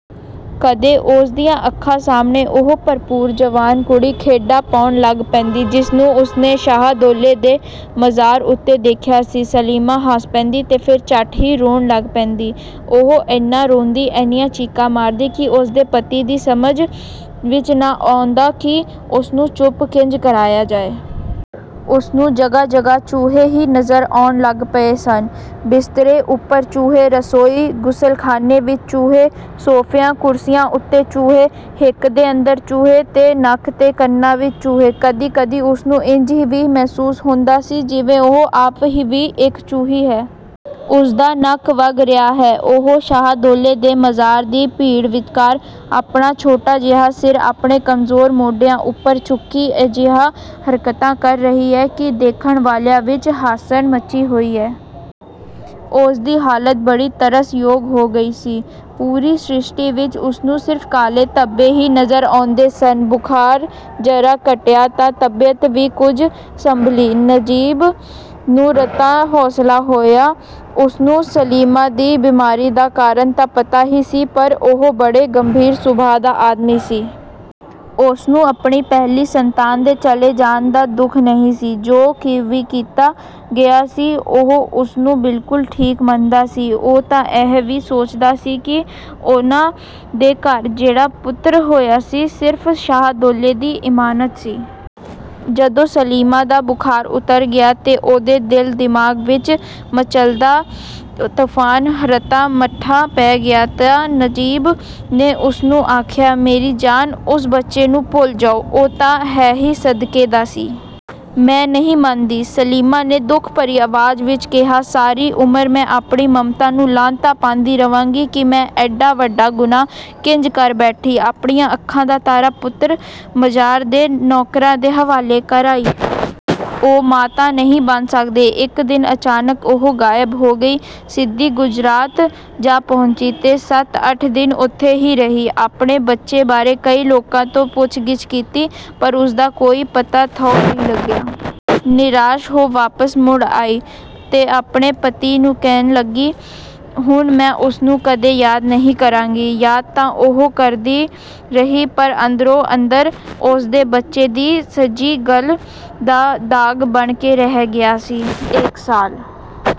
ਕਦੇ ਉਸਦੀਆਂ ਅੱਖਾਂ ਸਾਹਮਣੇ ਉਹ ਭਰਪੂਰ ਜਵਾਨ ਕੁੜੀ ਖੇਡਾ ਪਾਉਣ ਲੱਗ ਪੈਂਦੀ, ਜਿਸਨੂੰ ਉਸਨੇ ਸ਼ਾਹਦੌਲੇ ਦੇ ਮਜ਼ਾਰ ਉੱਤੇ ਦੇਖਿਆ ਸੀ। ਸਲੀਮਾ ਹੱਸ ਪੈਂਦੀ ਤੇ ਫੇਰ ਝੱਟ ਹੀ ਰੋਣ ਲੱਗ ਪੈਂਦੀ। ਉਹ ਏਨਾ ਰੋਂਦੀ, ਏਨੀਆਂ ਚੀਕਾਂ ਮਾਰਦੀ ਕਿ ਉਸਦੇ ਪਤੀ ਦੀ ਸਮਝ ਵਿਚ ਨਾ ਆਉਂਦਾ ਕਿ ਉਸਨੂੰ ਚੁੱਪ ਕਿੰਜ ਕਰਾਇਆ ਜਾਏ। ਉਸਨੂੰ ਜਗਾਹ-ਜਗਾਹ ਚੂਹੇ ਹੀ ਨਜ਼ਰ ਆਉਣ ਲੱਗ ਪਏ ਸਨ। ਬਿਸਤਰੇ ਉਪਰ ਚੂਹੇ, ਰਸੋਈ, ਗੁਸਲਖਾਨੇ ਵਿਚ ਚੂਹੇ, ਸੋਫਿਆਂ-ਕੁਰਸੀਆਂ ਉੱਤੇ ਚੂਹੇ, ਹਿੱਕ ਦੇ ਅੰਦਰ ਚੂਹੇ ਤੇ ਨੱਕ ਤੇ ਕੰਨਾਂ ਵਿਚ ਚੂਹੇ। ਕਦੀ-ਕਦੀ ਉਸਨੂੰ ਇੰਜ ਵੀ ਮਹਿਸੂਸ ਹੁੰਦਾ ਸੀ, ਜਿਵੇਂ ਉਹ ਆਪ ਵੀ ਇਕ ਚੂਹੀ ਹੈ। ਉਸਦਾ ਨੱਕ ਵਗ ਰਿਹਾ ਏ। ਉਹ ਸ਼ਾਹਦੌਲੇ ਦੇ ਮਜ਼ਾਰ ਦੀ ਭੀੜ ਵਿਚਕਾਰ, ਆਪਣਾ ਛੋਟਾ ਜਿਹਾ ਸਿਰ, ਆਪਣੇ ਕਮਜ਼ੋਰ ਮੋਢਿਆਂ ਉਪਰ ਚੁੱਕੀ, ਅਜਿਹੀਆਂ ਹਰਕਤਾਂ ਕਰ ਰਹੀ ਏ ਕਿ ਦੇਖਣ ਵਾਲਿਆਂ ਵਿਚ ਹਾਸੜ ਮੱਚੀ ਹੋਈ ਏ। ਉਸਦੀ ਹਾਲਤ ਬੜੀ ਤਰਸ ਯੋਗ ਹੋ ਗਈ ਸੀ। ਪੂਰੀ ਸਰਿਸ਼ਟੀ ਵਿਚ ਉਸਨੂੰ ਸਿਰਫ ਕਾਲੇ ਧੱਬੇ ਹੀ ਨਜ਼ਰ ਆਉਂਦੇ ਸਨ। ਬੁਖਾਰ ਜ਼ਰਾ ਘਟਿਆ ਤਾਂ ਤਬੀਅਤ ਵੀ ਕੁਝ ਸੰਭਲੀ। ਨਜ਼ੀਬ ਨੂੰ ਰਤਾ ਹੌਸਲਾ ਹੋਇਆ। ਉਸਨੂੰ ਸਲੀਮਾ ਦੀ ਬਿਮਾਰੀ ਦਾ ਕਾਰਨ ਤਾਂ ਪਤਾ ਹੀ ਸੀ, ਪਰ ਉਹ ਬੜੇ ਗੰਭੀਰ ਸੁਭਾਅ ਦਾ ਆਦਮੀ ਸੀ। ਉਸਨੂੰ ਆਪਣੀ ਪਹਿਲੀ ਸੰਤਾਨ ਦੇ ਚਲੇ ਜਾਣ ਦਾ ਦੁੱਖ ਨਹੀਂ ਸੀ। ਜੋ ਵੀ ਕੀਤਾ ਗਿਆ ਸੀ, ਉਹ ਉਸਨੂੰ ਬਿਲਕੁਲ ਠੀਕ ਮੰਨਦਾ ਸੀ। ਉਹ ਤਾਂ ਇਹ ਵੀ ਸੋਚਦਾ ਸੀ ਕਿ ਉਹਨਾਂ ਦੇ ਘਰ ਜਿਹੜਾ ਪੁੱਤਰ ਹੋਇਆ ਸੀ ਸਿਰਫ ਸ਼ਾਹਦੌਲੇ ਦੀ ਇਮਾਨਤ ਸੀ। ਜਦੋਂ ਸਲੀਮਾ ਦਾ ਬੁਖਾਰ ਉਤਰ ਗਿਆ ਤੇ ਉਹਦੇ ਦਿਲ-ਦਿਮਾਗ਼ ਵਿਚ ਮਚਲਦਾ ਤੁਫ਼ਾਨ ਰਤਾ ਮੱਠਾ ਪੈ ਗਿਆ ਤਾਂ ਨਜ਼ੀਬ ਨੇ ਉਸਨੂੰ ਆਖਿਆ, ‘‘ਮੇਰੀ ਜਾਨ, ਉਸ ਬੱਚੇ ਨੂੰ ਭੁੱਲ ਜਾਓ। ਉਹ ਤਾਂ ਹੈ ਹੀ ਸਦਕੇ ਦਾ ਸੀ।’’ ਮੈਂ ਨਹੀਂ ਮੰਨਦੀ, ਸਲੀਮਾ ਨੇ ਦੁੱਖ ਭਰੀ ਅਵਾਜ਼ ਵਿਚ ਕਿਹਾ, ਸਾਰੀ ਉਮਰ ਮੈਂ ਆਪਣੀ ਮਮਤਾ ਨੂੰ ਲਾਹਨਤਾਂ ਪਾਂਦੀ ਰਵਾਂਗੀ ਕਿ ਮੈਂ ਏਡਾ ਵੱਡਾ ਗੁਨਾਹ ਕਿੰਜ ਕਰ ਬੈਠੀ? ਆਪਣੀਆਂ ਅੱਖਾਂ ਦਾ ਤਾਰਾ ਪੁੱਤਰ ਮਜਾਰ ਦੇ ਨੌਕਰਾਂ ਦੇ ਹਵਾਲੇ ਕਰ ਆਈ। ਉਹ ਮਾਂ ਤਾਂ ਨਹੀਂ ਬਣ ਸਕਦੇ।’’ ਇਕ ਦਿਨ ਅਚਾਨਕ ਉਹ ਗਾਇਬ ਹੋ ਗਈ। ਸਿੱਧੀ ਗੁਜਰਾਤ ਜਾ ਪਹੁੰਚੀ ਤੇ ਸੱਤ ਅੱਠ ਦਿਨ ਉੱਥੇ ਹੀ ਰਹੀ। ਆਪਣੇ ਬੱਚੇ ਬਾਰੇ ਕਈ ਲੋਕਾਂ ਤੋਂ ਪੁੱਛ-ਗਿੱਛ ਕੀਤੀ, ਪਰ ਉਸਦਾ ਕੋਈ ਪਤਾ-ਥਹੁ ਨਾ ਲੱਗਿਆ। ਨਿਰਾਸ਼ ਹੋ ਵਾਪਸ ਮੁੜ ਆਈ ਤੇ ਆਪਣੇ ਪਤੀ ਨੂੰ ਕਹਿਣ ਲੱਗੀ, ਹੁਣ ਮੈਂ ਉਸਨੂੰ ਕਦੇ ਯਾਦ ਨਹੀਂ ਕਰਾਂਗੀ। ਯਾਦ ਤਾਂ ਉਹ ਕਰਦੀ ਰਹੀ ਪਰ ਅੰਦਰੋ-ਅੰਦਰ। ਉਸਦੇ ਬੱਚੇ ਦੀ ਸੱਜੀ ਗੱਲ੍ਹ ਦਾ ਦਾਗ਼ ਬਣ ਕੇ ਰਹਿ ਗਿਆ ਸੀ। ਇਕ ਸਾਲ